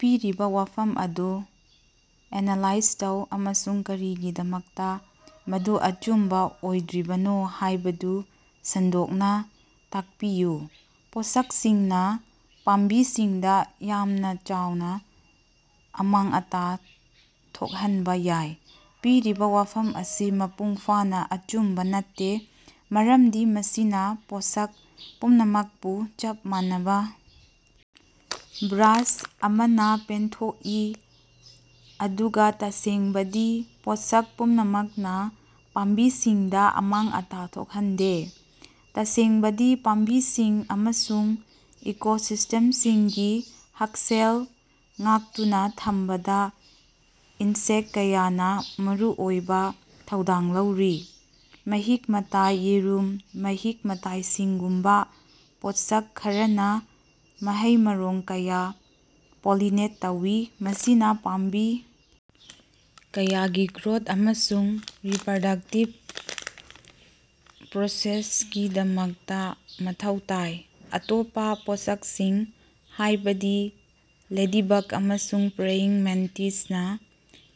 ꯄꯤꯔꯤꯕ ꯋꯥꯐꯝ ꯑꯗꯨ ꯑꯦꯅꯥꯂꯥꯏꯖ ꯇꯧ ꯑꯃꯁꯨꯡ ꯀꯔꯤꯒꯤꯗꯃꯛꯇꯥ ꯃꯗꯨ ꯑꯆꯨꯝꯕ ꯑꯣꯏꯗ꯭ꯔꯤꯕꯅꯣ ꯍꯥꯏꯕꯗꯨ ꯁꯟꯗꯣꯛꯅꯥ ꯇꯥꯛꯄꯤꯌꯨ꯫ ꯄꯣꯠꯁꯛꯁꯤꯡꯅꯥ ꯄꯥꯝꯕꯤꯁꯤꯡꯗꯥ ꯌꯥꯝꯅ ꯆꯥꯎꯅ ꯑꯃꯥꯡ-ꯑꯇꯥ ꯊꯣꯛꯍꯟꯕ ꯌꯥꯏ꯫ ꯄꯤꯔꯤꯕ ꯋꯥꯐꯝ ꯑꯁꯤ ꯃꯄꯨꯡ ꯐꯥꯅꯥ ꯑꯆꯨꯝꯕ ꯅꯠꯇꯦ, ꯃꯔꯝꯗꯤ ꯃꯁꯤꯅꯥ ꯄꯣꯠꯁꯛ ꯄꯨꯝꯅꯃꯛꯄꯨ ꯆꯞ ꯃꯥꯟꯅꯕ ꯕ꯭ꯔꯥꯁ ꯑꯃꯅꯥ ꯄꯦꯟꯊꯣꯛꯏ ꯑꯗꯨꯒꯥ ꯇꯁꯦꯡꯕꯗꯤ, ꯄꯣꯠꯁꯛ ꯄꯨꯝꯅꯃꯛꯅꯥ ꯄꯥꯝꯕꯤꯁꯤꯡꯗꯥ ꯑꯃꯥꯡ-ꯑꯇꯥ ꯊꯣꯛꯍꯟꯗꯦ꯫ ꯇꯁꯦꯡꯕꯗꯤ, ꯄꯥꯝꯕꯤꯁꯤꯡ ꯑꯃꯁꯨꯡ ꯏꯀꯣꯁꯤꯁ꯭ꯇꯦꯃꯁꯤꯡꯒꯤ ꯍꯛꯁꯦꯜ ꯉꯥꯛꯇꯨꯅꯥ ꯊꯝꯕꯗꯥ ꯏꯟꯁꯦꯛꯇ ꯀꯌꯥꯅꯥ ꯃꯔꯨꯑꯣꯏꯕ ꯊꯧꯗꯥꯡ ꯂꯧꯔꯤ꯫ ꯃꯍꯤꯛ-ꯃꯇꯥꯏ, ꯌꯦꯔꯨꯝ, ꯃꯍꯤꯛ-ꯃꯇꯥꯏꯁꯤꯡꯒꯨꯝꯕ ꯄꯣꯠꯁꯛ ꯈꯔꯅꯥ ꯃꯍꯩ-ꯃꯔꯣꯡ ꯀꯌꯥ ꯄꯣꯂꯤꯅꯦꯠ ꯇꯧꯏ, ꯃꯁꯤꯅꯥ ꯄꯥꯝꯕꯤ ꯀꯌꯥꯒꯤ ꯒ꯭ꯔꯣꯊ ꯑꯃꯁꯨꯡ ꯔꯤꯞꯔꯗꯛꯇꯤꯚ ꯄ꯭ꯔꯣꯁꯦꯁꯀꯤꯗꯃꯛꯇꯥ ꯃꯊꯧ ꯇꯥꯏ꯫ ꯑꯇꯣꯞꯄꯥ ꯄꯣꯠꯁꯛꯁꯤꯡ, ꯍꯥꯏꯕꯗꯤ ꯂꯦꯗꯤꯕꯛ ꯑꯃꯁꯨꯡ ꯄ꯭ꯔꯦꯌꯤꯡ ꯃꯦꯟꯇꯤꯁꯅꯥ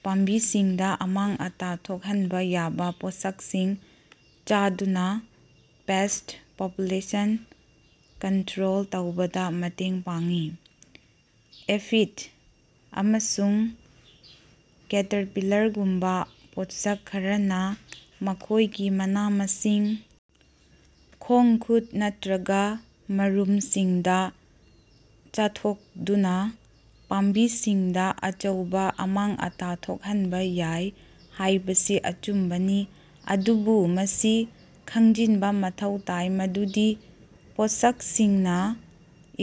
ꯄꯥꯝꯕꯤꯁꯤꯡꯗꯥ ꯑꯃꯥꯡ-ꯑꯇꯥ ꯊꯣꯛꯍꯟꯕ ꯌꯥꯕ ꯄꯣꯠꯁꯛꯁꯤꯡ ꯆꯥꯗꯨꯅꯥ ꯄꯦꯁ꯭ꯠ ꯄꯣꯄꯨꯂꯦꯁꯟ ꯀꯟꯇꯔꯣꯜ ꯇꯧꯕꯗꯥ ꯃꯇꯦꯡ ꯄꯥꯡꯏ꯫ ꯑꯦꯐꯤꯗ ꯑꯃꯁꯨꯡ ꯀꯦꯇꯔꯄꯤꯂꯔꯒꯨꯝꯕ ꯄꯣꯠꯁꯛ ꯈꯔꯅꯥ ꯃꯈꯣꯏꯒꯤ ꯃꯅꯥ-ꯃꯁꯤꯡ, ꯈꯣꯡ-ꯈꯨꯠ ꯅꯠꯇ꯭ꯔꯒꯥ ꯃꯔꯨꯝꯁꯤꯡꯗꯥ ꯆꯥꯊꯣꯛꯗꯨꯅꯥ ꯄꯥꯝꯕꯤꯁꯤꯡꯗꯥ ꯑꯆꯧꯕꯥ ꯑꯃꯥꯡ-ꯑꯇꯥ ꯊꯣꯛꯍꯟꯕ ꯌꯥꯏ ꯍꯥꯏꯕꯁꯤ ꯑꯆꯨꯝꯕꯅꯤ, ꯑꯗꯨꯕꯨ ꯃꯁꯤ ꯈꯪꯖꯤꯟꯕꯥ ꯃꯊꯧ ꯇꯥꯏ ꯃꯗꯨꯗꯤ ꯄꯣꯠꯁꯛꯁꯤꯡꯅꯥ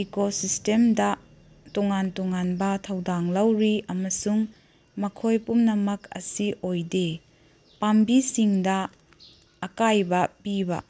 ꯏꯀꯣꯁꯤꯁ꯭ꯇꯦꯃꯗꯥ ꯇꯣꯉꯥꯟ ꯇꯣꯉꯥꯟꯕ ꯊꯧꯗꯥꯡ ꯂꯧꯔꯤ ꯑꯃꯁꯨꯡ ꯃꯈꯣꯏ ꯄꯨꯝꯅꯃꯛ ꯑꯁꯤ ꯑꯣꯏꯗꯦ꯫ ꯄꯥꯝꯕꯤꯁꯤꯡꯗꯥ ꯑꯀꯥꯏꯕ ꯄꯤꯕ꯫